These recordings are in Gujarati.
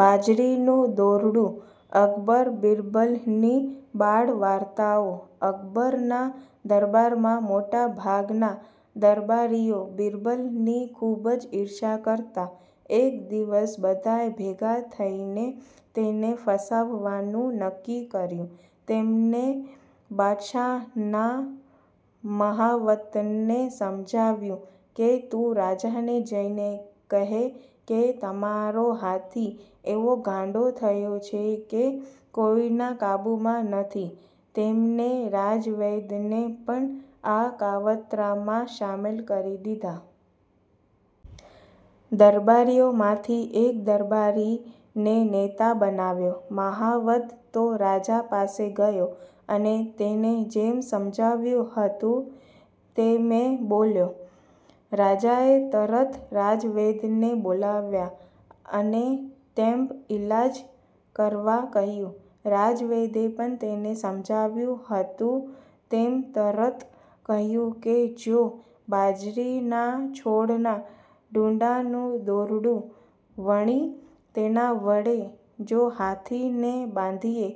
બાજરીનું દોરડું અકબર બિરબલની બાળ વાર્તાઓ અકબરના દરબારમાં મોટા ભાગના દરબારીઓ બિરબલની ખૂબ જ ઇર્ષા કરતા. એક દિવસ બધાએ ભેગા થઈને તેને ફસાવવાનું નક્કી કર્યું. તેમણે બાદશાહના મહાવતને સમજાવ્યો કે તું રાજાને જઈને કહે કે તમારો હાથી એવો ગાંડો થયો છે કે કોઈના કાબૂમાં નથી તેમણે રાજવૈદને પણ આ કાવતરામાં સામેલ કરી દીધા. દરબારીઓમાંથી એક દરબારીને નેતા બનાવ્યો. મહાવત તો રાજા પાસે ગયો અને તેને જેમ સમજાવ્યું હતું તેમે બોલ્યો. રાજાએ તરત રાજવૈદને બોલાવ્યા અને તેંપ ઇલાજ કરવા કહ્યું. રાજવૈદે પણ તેને સમ્જાવ્યું હતું તેમ તરત કહ્યું કે જો બાજરીના છોડના ડૂંડાનું દોરડું વણી તેના વડે જો હાથીને બાંધીએ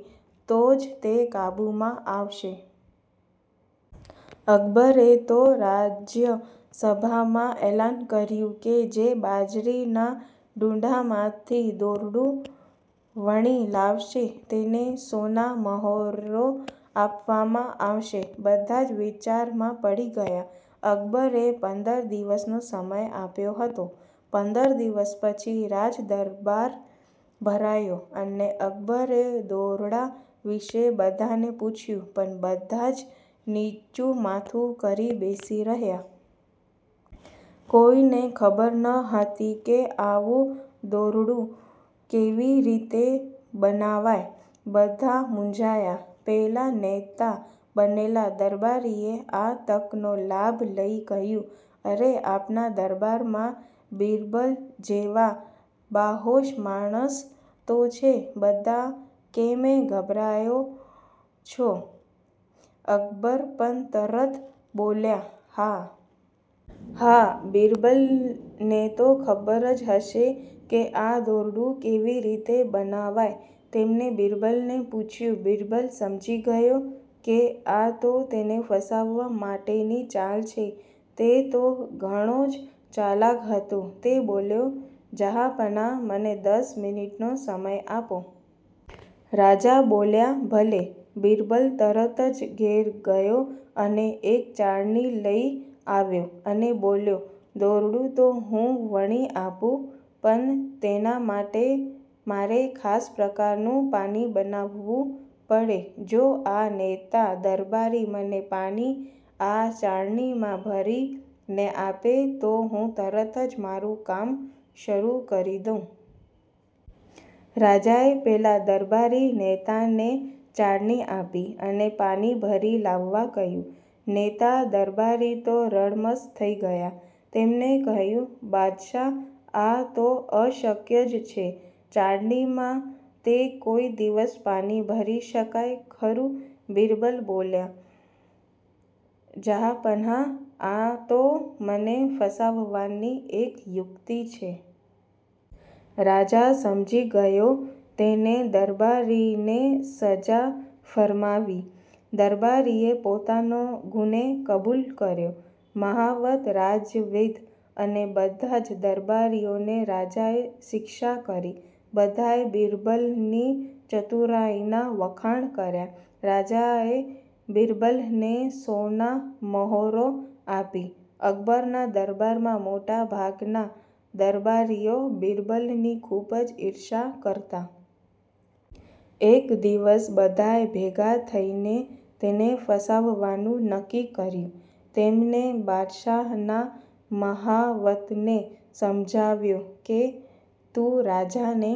તો જ તે કાબૂમાં આવશે. અકબરે તો રાજસભામાં એલાન કર્યું કે જે બાજરીના ડૂંડામાંથી દોરડું વણી લાવશે તેને સોનામહોરો આપવામાં આવશે. બધા જ વિચારમાં પડી ગયા. અકબરે પંદર દિવસનો સમય આપ્યો હતો. પંદર દિવસ પછી રાજદરબાર ભરાયો અને અકબરે દોરડા વિષે બધાને પૂછ્યું પણ બધા જ નીચું માથું કરી બેસી રહ્યા. કોઈને ખબર ન હતી કે આવું દોરડું કેવી રીતે બનાવાય. બધા મૂંઝાયા. પેલા નેતા બનેલા દરબારીએ આ તકનો લાભ લઈ કહ્યું અરે આપણા દરબારમાં બિરબલ જેવા બાહોશ માણસ તો છે. બધા કેમે ગભરાઓ છો અકબર પણ તરત બોલ્યા હા.. હા.. બિરબલને તો ખબર જ હશે કે આ દોરડું કેવી રીતે બનાવાય તેમણે બિરબલને પૂછ્યું બિરબલ સમજી ગયો કે આ તો તેને ફસાવવા માટેની ચાલ છે. તે તો ઘણો જ ચાલક હતો તે બોલ્યો જહાંપનાહ મને દસ મિનિટનો સમય આપો. રાજા બોલ્યા ભલે.. બિરબલ તરત જ ઘેર ગયો અને એક ચાળણી લઈ આવ્યો અને બોલ્યો દોરડું તો હું વણી આપું પણ તેના માટે મારે ખાસ પ્રકારનું પાણી બનાવવું પડે જો આ નેતા દરબારી મને પાણી આ ચાળણીમાં ભરીને આપે તો હું તરત જ મારું કામ શરૂ કરી દઉં. રાજાએ પેલા દરબારી નેતાને ચાળણી આપી અને પાણી ભરી લાવવા કહ્યું. નેતા દરબારી તો રડમસ થઈ ગયા. તેમણે કહ્યું બાદશાહ આ તો અશક્ય જ છે. ચાળણીમાં તે કોઈ દિવસ પાણી ભરી શકાય ખરું બિરબલ બોલ્યો જહાંપનાહ આતો મને ફસાવવાની એક યુક્તિ છે. રાજા સમજી ગયો તેણે દરબારીને સજા ફરમાવી. દરબારીએ પોતાનો ગુને કબૂલ કર્યો. મહાવત રાજવૈદ અને બધા જ દરબારીઓને રાજાએ શિક્ષા કરી. બધાએ બિરબલની ચતુરાઈનાં વખાણ કર્યા. રાજાએ બિરબલને સોનામહોરો આપી. અકબરના દરબારમાં મોટા ભાગના દરબારીઓ બિરબલની ખૂબ જ ઇર્ષા કરતા. એક દિવસ બધાએ ભેગા થઈને તેને ફસાવવાનું નક્કી કર્યું. તેમણે બાદશાહના મહાવતને સમજાવ્યો કે તું રાજાને